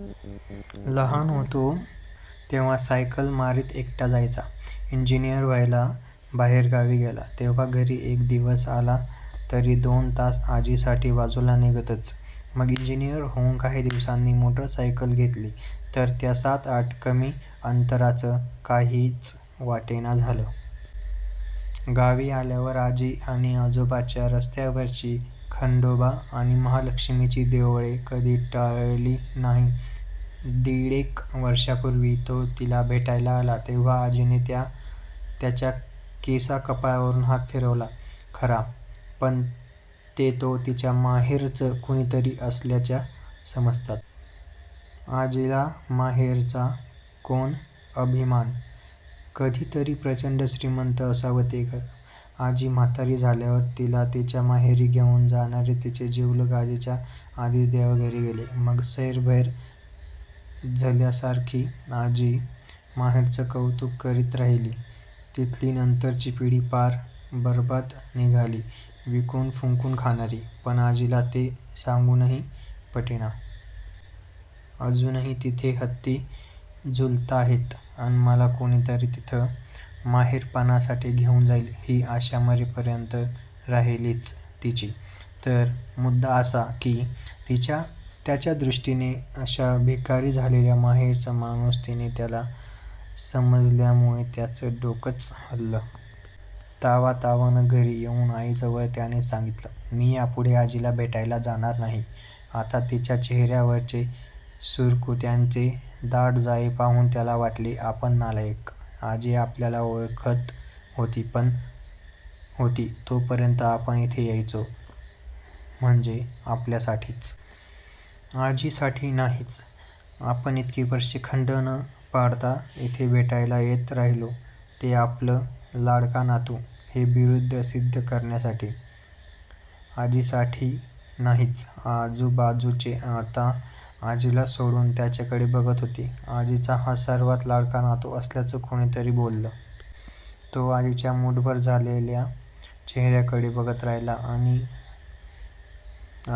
लहान होता तेव्हा सायकल मारीत एकटा जायचा. इंजिनियर व्हायला बाहेरगावी गेला, तेव्हा घरी एक दिवस आला तरी दोन तास आजीसाठी बाजूला निघतच. मग इंजिनियर होऊन काही दिवसांनी मोटरसायकल घेतली, तर त्या सात-आठ किमी अंतराचं काहीच वाटेना झालं. गावी आल्यावर आजी आणि आजोळच्या रस्त्यावरची खंडोबा आणि महाल़क्ष्मीची देवळे कधी टळली नाहीत. दीडेक वर्षापूर्वी, तो तिला भेटायला आला, तेव्हा आजीने त्याच्या केसा-कपाळावरून हात फिरवला खरा, पण ते तो तिच्या 'माहेरचं' कुणीतरी असल्याच्या समजात. आजीला माहेरचा कोण अभिमान. कधीतरी प्रचंड श्रीमंत असावं ते घर. आजी म्हातारी झाल्यावर तिला तिच्या माहेरी घेऊन जाणारे तिचे जिवलग आजीच्या आधीच देवाघरी गेले. मग सैरभैर झल्यासारखी आजी माहेरचं कौतूक करीत राहिली. तिथली नंतरची पिढी पार बरबाद निघाली- विकून फुंकून खाणारी, पण आजीला ते सांगूनही पटेना. अजूनही तिथे हत्ती झुलताहेत, अन मला कुणीतरी तिथं 'माहेरपणासाठी' घेऊन जाईल- ही आशा मरेपर्यंत राहिलीच तिची. तर मुद्दा असा, की त्याच्या दृष्टीने अशा भिकारी झालेल्या माहेरचं माणूस तिने त्याला समजल्यामूळे त्याचं डोकंच हललं. तावातावानं घरी येऊन आईजवळ त्याने सांगितलं, मी यापूढे आजीला भेटायला जाणार नाही..! आता तिच्या चेहेयावरचे सुरकुत्यांचे दाट जाळे पाहून त्याला वाटले, आपण नालायक. आजी आपल्याला 'ओळखत' होती तो पर्यंत आपण इथे यायचो. म्हणजे आपल्यासाठीच. आजीसाठी नाहीच! आपण इतकी वर्षे खंड न पाडता इथे भेटायला येत राहिलो, ते आपलं 'लाडका नातू' हे बिरूद सिध्द करण्यासाठी. आजीसाठी नाहीच!! आजूबाजूचे आता आजीला सोडून त्याच्याकडे बघत होते. आजीचा हा सर्वांत लाडका नातू असल्याचं कुणीतरी बोललं. तो आजीच्या मुठभर झालेया चेहेर्याकडे बघत राहिला.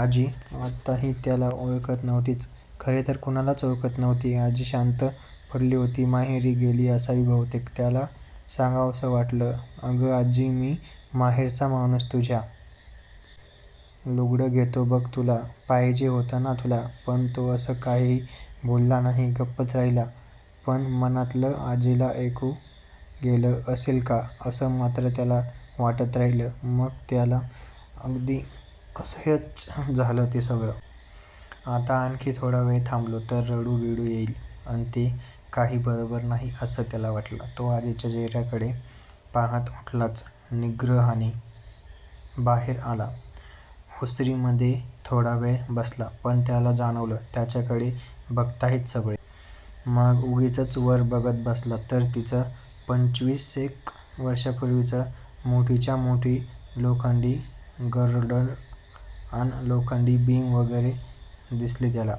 आजी आताही त्याला ओळखत नव्हतीच. खरे तर कुणालाच ओळखत नव्हती. आजी शांत पडली होती. माहेरी गेली असावी बहूतेक. त्याला सांगावसं वाटलं, अगं आज्जी, मी माहेरचा माणूस तुझ्या. लुगडं घेतो बघ तुला. पाहिजे होतं ना तुला? पण तो असं काही बोलला नाही. गप्पच राहिला. पण मनातलं आजीला ऐकू गेलं असेल का, असं मात्र त्याला वाटत राहिलं. मग त्याला अगदी असह्यच झालं ते सगळं. आता आणखी थॊडा वेळ थांबलो, तर रडू-बिडू येईल, अन ते काही बरोबर नाही असं त्याला वाटलं. तो आजीच्या चेहेर्याकडे पाहत उठलाच निग्रहाने. बाहेर आला. ओसरीमध्ये थोडावेळ बसला. पण त्याला जाणवलं, त्याच्याकडेच बघताहेत सगळे. मग उगीचच वर बघत बसला. तर तीच पंचवीसेक वर्षापूर्वीची मोठीच्या मोठी लोखंडी गर्डर अन लोखंडी बीम वगैरे दिसले त्याला.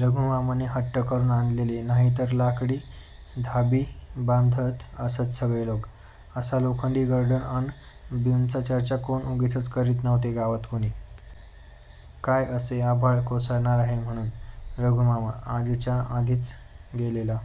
रघूमामाने हट्ट करून आणलेले. नाहीतर लाकडी धाबी बांधत असत सगळे लोक. असा लोखंडी गर्डर अन बीमचा खर्च कोण उगीचच करीत नव्हते गावात कुणी. काय असे आभाळ कोसळणार आहे, म्हणून. रघूमामा. आजीच्या आधीच गेलेला.